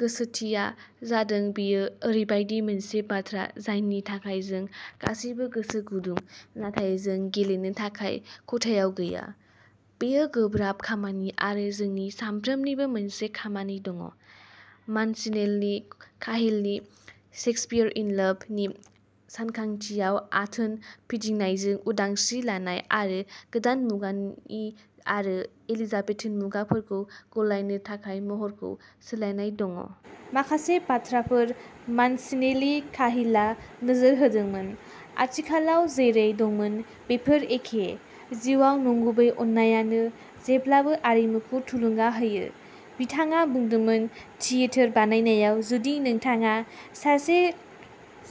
गोसोथिआ जादों बेयो ओरैबायदि मोनसे बाथ्रा जायनि थाखाय जों गासैबो गोसो गुदुं, नाथाय जों गेलेनो थाखाय खथायाव गैया। बेयो गोब्राब खामानि आरो जोंनि साफ्रोमनिबो मोनसे खामानि दं। 'मानसिनेलि-काहिलनि" शेक्सपियार इन लाभ " नि सानखांथियाव आथोन फिदिंनायजों उदांस्रि लानाय आरो गोदान मुगानि आरो एलिजाबेथन मुगाफोरखौ गलायनो थाखाय महरखौ सोलायनाय दं। माखासे बाथ्राफोर, मानसिनेलि-काहिलआ नोजोर होदोंमोन, आथिखालाव जेरै दंमोन बेफोर एखे। जिउआव नंगुबै अननायानो जेब्लाबो आरिमुखौ थुलुंगा होयो। बिथाङा बुंदोंमोन थियेटार बानायनायाव जुदि नोंथाङा सासे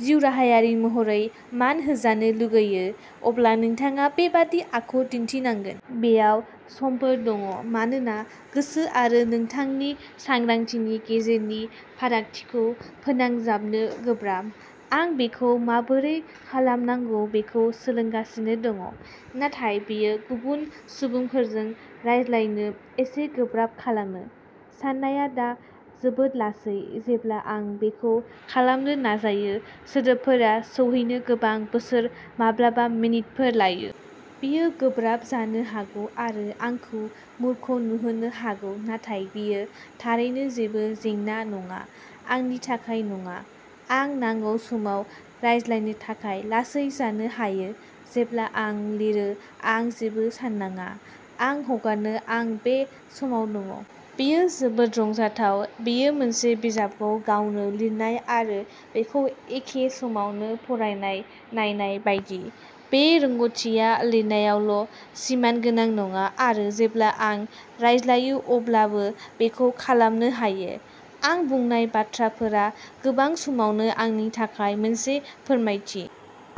जिउराहायारि महरै मान होजानो लुगैयो, अब्ला नोंथाङा बेबादि आखु दिन्थिनांगोन। बेयाव समफोर दं मानोना गोसो आरो नोंथांनि सांग्रांथिनि गेजेरनि फारागथिखौ फोनांजाबनो गोब्राब। आं बेखौ माबोरै खालामनांगौ बेखौ सोलोंगासिनो दं नाथाय बेयो गुबुन सुबुंफोरजों रायज्लायनो एसे गोब्राब खालामो। साननाया दा जोबोद लासै। जेब्ला आं बेखौ खालामनो नाजायो सोदोबफोरा सौहैनो गोबां बोसोर, माब्लाबा मिनिटफोर लायो। बेयो गोब्राब जानो हागौ आरो आंखौ मूर्ख नुहोनो हागौ नाथाय बेयो थारैनो जेबो जेंना नङा, आंनि थाखाय नङा। आं नांगौ समाव रायज्लायनो थाखाय लासै जानो हायो। जेब्ला आं लिरो आं जेबो साननाङा, आं हगारो आं बे समाव दं। बेयो जोबोद रंजाथाव, बेयो मोनसे बिजाबखौ गावनो लिरनाय आरो बेखौ एखे समावनो फरायनाय नायनाय बायदि। बे रोंग'थिआ लिरनायावल' सिमागोनां नङा आरो जेब्ला आं रायज्लायो अब्लाबो बेखौ खालामनो हायो। आं बुंनाय बाथ्राफोरा गोबां समावनो आंनि थाखाय मोनसे फोरमायथि।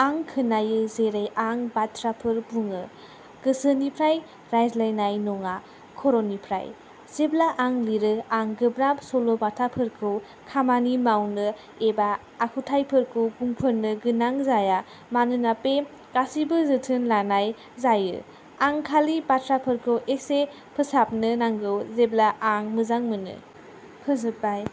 आं खोनायो जेरै आं बाथ्राफोर बुङो। गोसोनिफ्राय रायज्लायनाय नङा, खर'निफ्राय। जेब्ला आं लिरो आं गोब्राब सल'बाथाफोरखौ खामानि मावनो एबा आखुथाइफोरखौ बुंफोरनो गोनां जाया मानोना बे गासैबो जोथोन लानाय जायो। आं खालि बाथ्राफोरखौ एसे फोसाबनो नांगौ जेब्ला आं मोजां मोनो। फोजोबबाय।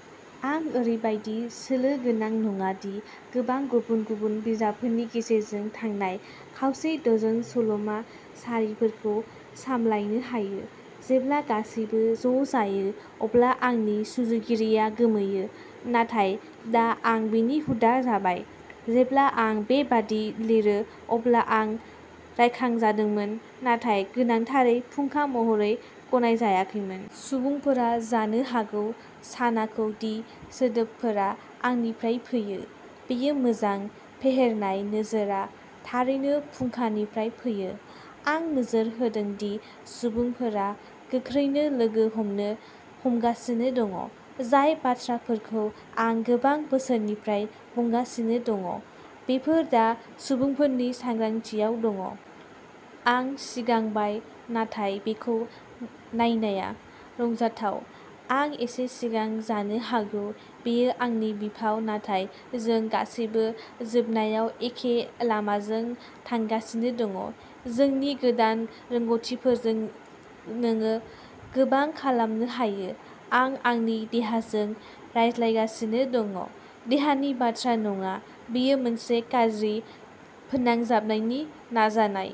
आं ओरैबायदि सोलो गोनां नङा दि गोबां गुबुन-गुबुन बिजाबफोरनि गेजेरजों थांनाय खावसे डजन सल'मा सारिफोरखौ सामलायनो हायो। जेब्ला गासैबो ज' जायो अब्ला आंनि सुजुगिरिया गोमोयो, नाथाय दा आं बेनि हुदा जाबाय। जेब्ला आं बेबादि लिरो, अब्ला आं रायखांजादोंमोन, नाथाय गोनांथारै फुंखा महरै गनायजायाखैमोन। सुबुंफोरा जानो हागौ सानाखै दि सोदोबफोरा आंनिफ्राय फैयो। बेयो मोजां, फेहेरनाय नोजोरआ थारैनो फुंखानिफ्राय फैयो। आं नोजोर होदों दि सुबुंफोरा गोख्रैनो लोगो हमनो हमगासिनो दं। जाय बाथ्राफोरखौ आं गोबां बोसोरनिफ्राय बुंगासिनो दं, बेफोर दा सुबुंफोरनि सांग्रांथियाव दं। आं सिगांबाय नाथाय बेखौ नायनाया रंजाथाव। आं एसे सिगां जानो हागौ, बेयो आंनि बिफाव नाथाय जों गासैबो जोबनायाव एखे लामाजों थांगासिनो दं। जोंनि गोदान रोंग'थिफोरजों नों गोबां खालामनो हायो। आं आंनि देहाजों रायज्लायगासिनो दं। देहानि बाथ्रा नङा, बेयो मोनसे गाज्रि फोनांजाबनायनि नाजानाय।